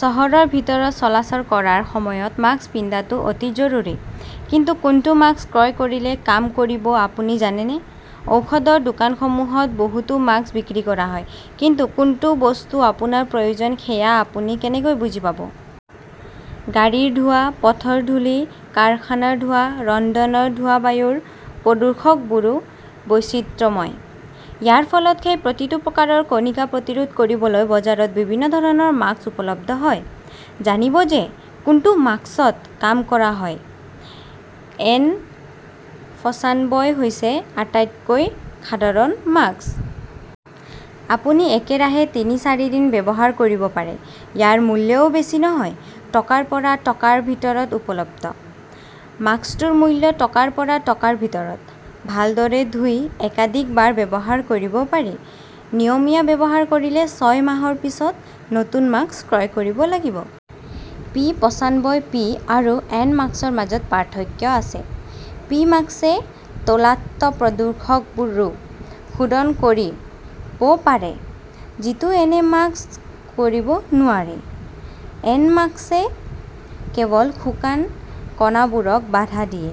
চহৰৰ ভিতৰত চলাচল কৰাৰ সময়ত মাস্ক পিন্ধাটো অতি জৰুৰী। কিন্তু কোনটো মাস্ক ক্ৰয় কৰিলে কাম কৰিব আপুনি জানেনে? ঔষধৰ দোকানসমূহত বহুতো মাস্ক বিক্ৰী কৰা হয়। কিন্তু কোনটো বস্তু আপোনাৰ প্ৰয়োজন সেয়া আপুনি কেনেকৈ বুজি পাব? গাড়ীৰ ধোঁৱা, পথৰ ধূলি, কাৰখানাৰ ধোঁৱা, ৰন্ধনৰ ধোঁৱাবায়ুৰ প্ৰদূষকবোৰো বৈচিত্ৰ্যময়। ইয়াৰ ফলত সেই প্ৰতিটো প্ৰকাৰৰ কণিকা প্ৰতিৰোধ কৰিবলৈ বজাৰত বিভিন্ন ধৰণৰ মাস্ক উপলব্ধ হয়। জানিব যে কোনটো মাস্কত কাম কৰা হয়। এন পঁচানব্বই হৈছে আটাইতকৈ সাধাৰণ মাস্ক। আপুনি একেৰাহে তিনি-চাৰিদিন ব্যৱহাৰ কৰিব পাৰে। ইয়াৰ মূল্যও বেছি নহয়। টকাৰ পৰা টকাৰ ভিতৰত উপলব্ধ। মাস্কটোৰ মূল্য টকাৰ পৰা টকাৰ ভিতৰত। ভালদৰে ধুই একাধিকবাৰ ব্যৱহাৰ কৰিব পাৰি। নিয়মীয়া ব্যৱহাৰ কৰিলে ছয় মাহৰ পিছত নতুন মাস্ক ক্ৰয় কৰিব লাগিব। পি পঁচানব্বই পি আৰু এন মাস্কৰ মাজত পাৰ্থক্য আছে। পি মাস্কে তৈলাক্ত প্ৰদূষকবোৰো শোধন কৰিব পাৰে, যিটো এন মাস্ক কৰিব নোৱাৰে। এন মাস্কে কেৱল শুকান কণাবোৰক বাধা দিয়ে।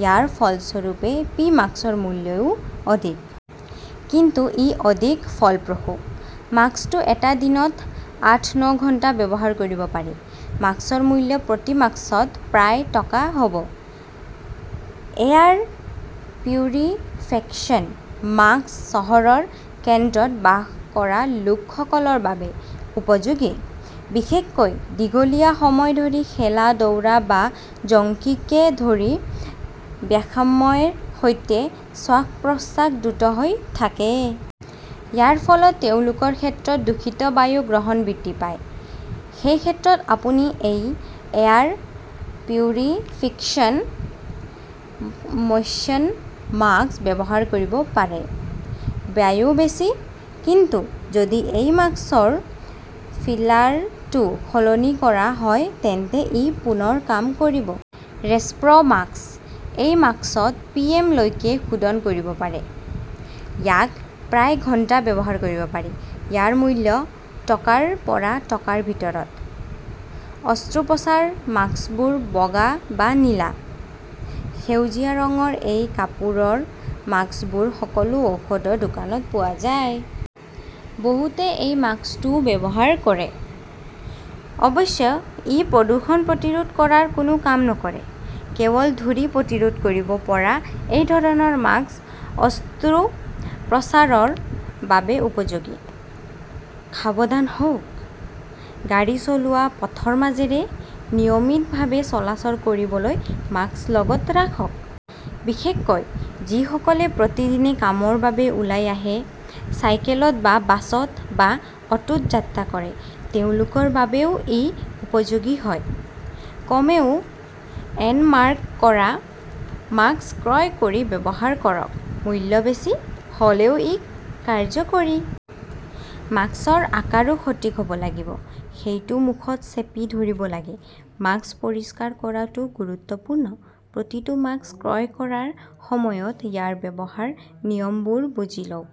ইয়াৰ ফলস্বৰূপে পি মাস্কৰ মূল্যও অধিক। কিন্তু ই অধিক ফলপ্ৰসূ। মাস্কটো এটা দিনত আঠ-ন ঘণ্টা ব্যৱহাৰ কৰিব পাৰি। মাস্কৰ মূল্য প্ৰতি মাস্কত প্ৰায় টকা হব। এয়াৰ পিউৰিফিকেশ্যন মাস্ক চহৰৰ কেন্দ্ৰত বাস কৰা লোকসকলৰ বাবে উপযোগী। বিশেষকৈ দীঘলীয়া সময় ধৰি খেলা, দৌৰা বা জংকিকে ধৰি ব্যাসাম্যয় সৈতে শ্বাস-প্ৰশ্বাস দ্ৰুত হৈ থাকে। ইয়াৰ ফলত তেওঁলোকৰ ক্ষেত্ৰত দূষিত বায়ু গ্ৰহণ বৃদ্ধি পায়। সেই ক্ষেত্ৰত আপুনি এই এয়াৰ পিউৰিফিকশ্যন মশ্যন মাস্ক ব্যৱহাৰ কৰিব পাৰে। ব্যয়ও বেছি। কিন্তু যদি এই মাস্কৰ ফিলাৰটো সলনি কৰা হয় তেন্তে ই পুনৰ কাম কৰিব। ৰেচপ্ৰ মাস্কঃ এই মাস্কত পি. এম. লৈকে শোধন কৰিব পাৰি। ইয়াক প্ৰায় ঘণ্টা ব্যৱহাৰ কৰিব পাৰি। ইয়াৰ মূল্য টকাৰ পৰা টকাৰ ভিতৰত। অস্ত্ৰোপচাৰৰ মাস্কবোৰ বগা বা নীলা, সেউজীয়া ৰঙৰ এই কাপোৰৰ মাস্কবোৰ সকলো ঔষধৰ দোকানত পোৱা যাব। বহুতে এই মাস্কটোও ব্যৱহাৰ কৰে। অৱশ্যে, ই প্ৰদূষণ প্ৰতিৰোধ কৰাৰ কোনো কাম নকৰে। কেৱল ধূলি প্ৰতিৰোধ কৰিব পৰা এই ধৰণৰ মাস্ক অস্ত্ৰোপচাৰৰ বাবে উপযোগী। সাৱধান হওক। গাড়ী চলোৱা পথৰ মাজেৰে নিয়মিতভাৱে চলাচল কৰিবলৈ মাস্ক লগত ৰাখক। বিশেষকৈ যিসকলে প্ৰতিদিনে কামৰ বাবে ওলাই আহে, চাইকেলত বা বাছত বা অটোত যাত্ৰা কৰে তেওঁলোকৰ বাবেও ই উপযোগী হয়। কমেও এন-মাৰ্ক কৰা মাস্ক ক্ৰয় কৰি ব্যৱহাৰ কৰক। মূল্য বেছি হলেও ই কাৰ্যকৰী। মাস্কৰ আকাৰো সঠিক হব লাগিব। সেইটো মুখত চেপি ধৰিব লাগে। মাস্ক পৰিষ্কাৰ কৰাটোও গুৰুত্বপূৰ্ণ। প্ৰতিটো মাস্ক ক্ৰয় কৰাৰ সময়ত ইয়াৰ ব্যৱহাৰৰ নিয়মবোৰ বুজি লওক।